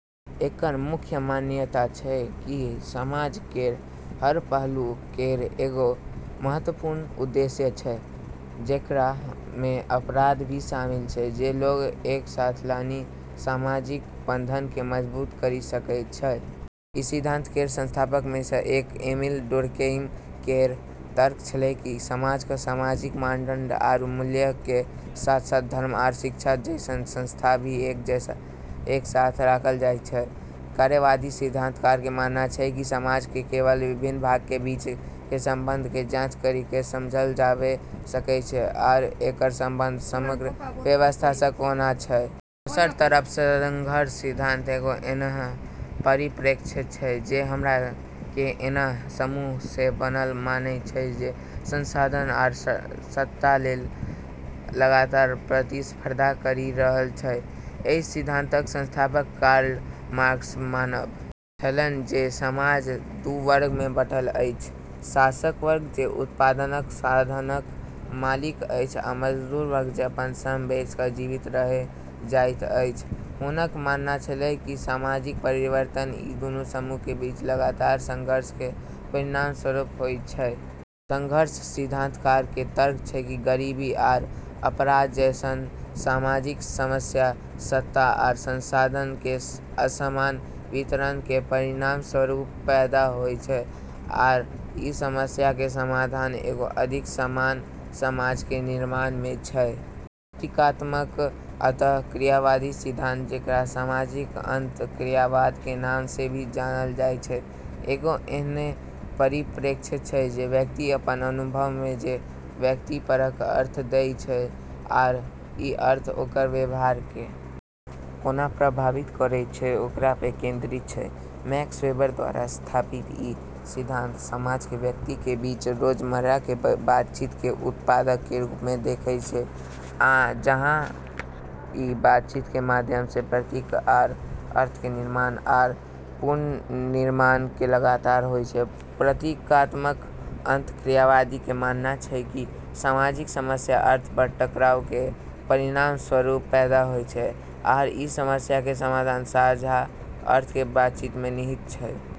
एकरऽ मुख्य मान्यता छै कि समाज केरऽ हर पहलू केरऽ एगो महत्वपूर्ण उद्देश्य छै जेकरा मे अपराध भी शामिल छै जे लोगऽ के एक साथ लानी के सामाजिक बंधन के मजबूत करी सकै छै। ई सिद्धांत केरऽ संस्थापकऽ मे से एक एमिल डुर्केइम केरऽ तर्क छेलै कि समाज क॑ सामाजिक मानदंड आरू मूल्यऽ के साथ-साथ धर्म आरू शिक्षा जैसनऽ संस्था भी एक साथ रखलऽ जाय छै, कार्यवादी सिद्धांतकारऽ के मानना छै कि समाज के केवल विभिन्न भागऽ के बीच के संबंधऽ के जांच करी के समझलऽ जाबे सकै छै आरू एकरऽ संबंध समग्र व्यवस्था स॑ कोना छै। दोसरऽ तरफ संघर्ष सिद्धांत एगो ऐन्हऽ परिप्रेक्ष्य छै जे समाज के ऐन्हऽ समूहऽ से बनलऽ माने छै जे संसाधन आरू सत्ता लेली लगातार प्रतिस्पर्धा करी रहलऽ छै, एहि सिद्धांतक संस्थापक कार्ल मार्क्सक मानब छलनि जे समाज दू वर्ग मे बँटल अछि, शासक वर्ग जे उत्पादनक साधनक मालिक अछि आ मजदूर वर्ग जे अपन श्रम बेचि क जीवित रहि जाइत अछि हुनकऽ मानना छेलै कि सामाजिक परिवर्तन ई दूनू समूह के बीच लगातार संघर्ष के परिणामस्वरूप होय छै। संघर्ष सिद्धांतकारऽ के तर्क छै कि गरीबी आरू अपराध जैसनऽ सामाजिक समस्या सत्ता आरू संसाधनऽ के असमान वितरण के परिणामस्वरूप पैदा होय छै आरू ई समस्या के समाधान एगो अधिक समान समाज के निर्माण मे छै। प्रतीकात्मक अंतःक्रियावादी सिद्धांत जेकरा सामाजिक अंतःक्रियावाद के नाम से भी जानलऽ जाय छै, एगो ऐन्हऽ परिप्रेक्ष्य छै जे व्यक्ति अपनऽ अनुभव मे जे व्यक्तिपरक अर्थ दै छै‌ आरू ई अर्थ ओकरऽ व्यवहार के कोना प्रभावित करै छै ओकरा पे केंद्रित छै, मैक्स वेबर द्वारा स्थापित ई सिद्धांत समाज के व्यक्ति के बीच रोजमर्रा के बातचीत के उत्पाद के रूप मे देखै छै, जहाँ ई बातचीत के माध्यम से प्रतीक आरू अर्थ के निर्माण आरू पुनर्निर्माण लगातार होय छै, प्रतीकात्मक अंतःक्रियावादी के मानना छै कि सामाजिक समस्या अर्थऽ पर टकराव के परिणामस्वरूप पैदा होय छै आरू ई समस्या के समाधान साझा अर्थ के बातचीत में निहित छै।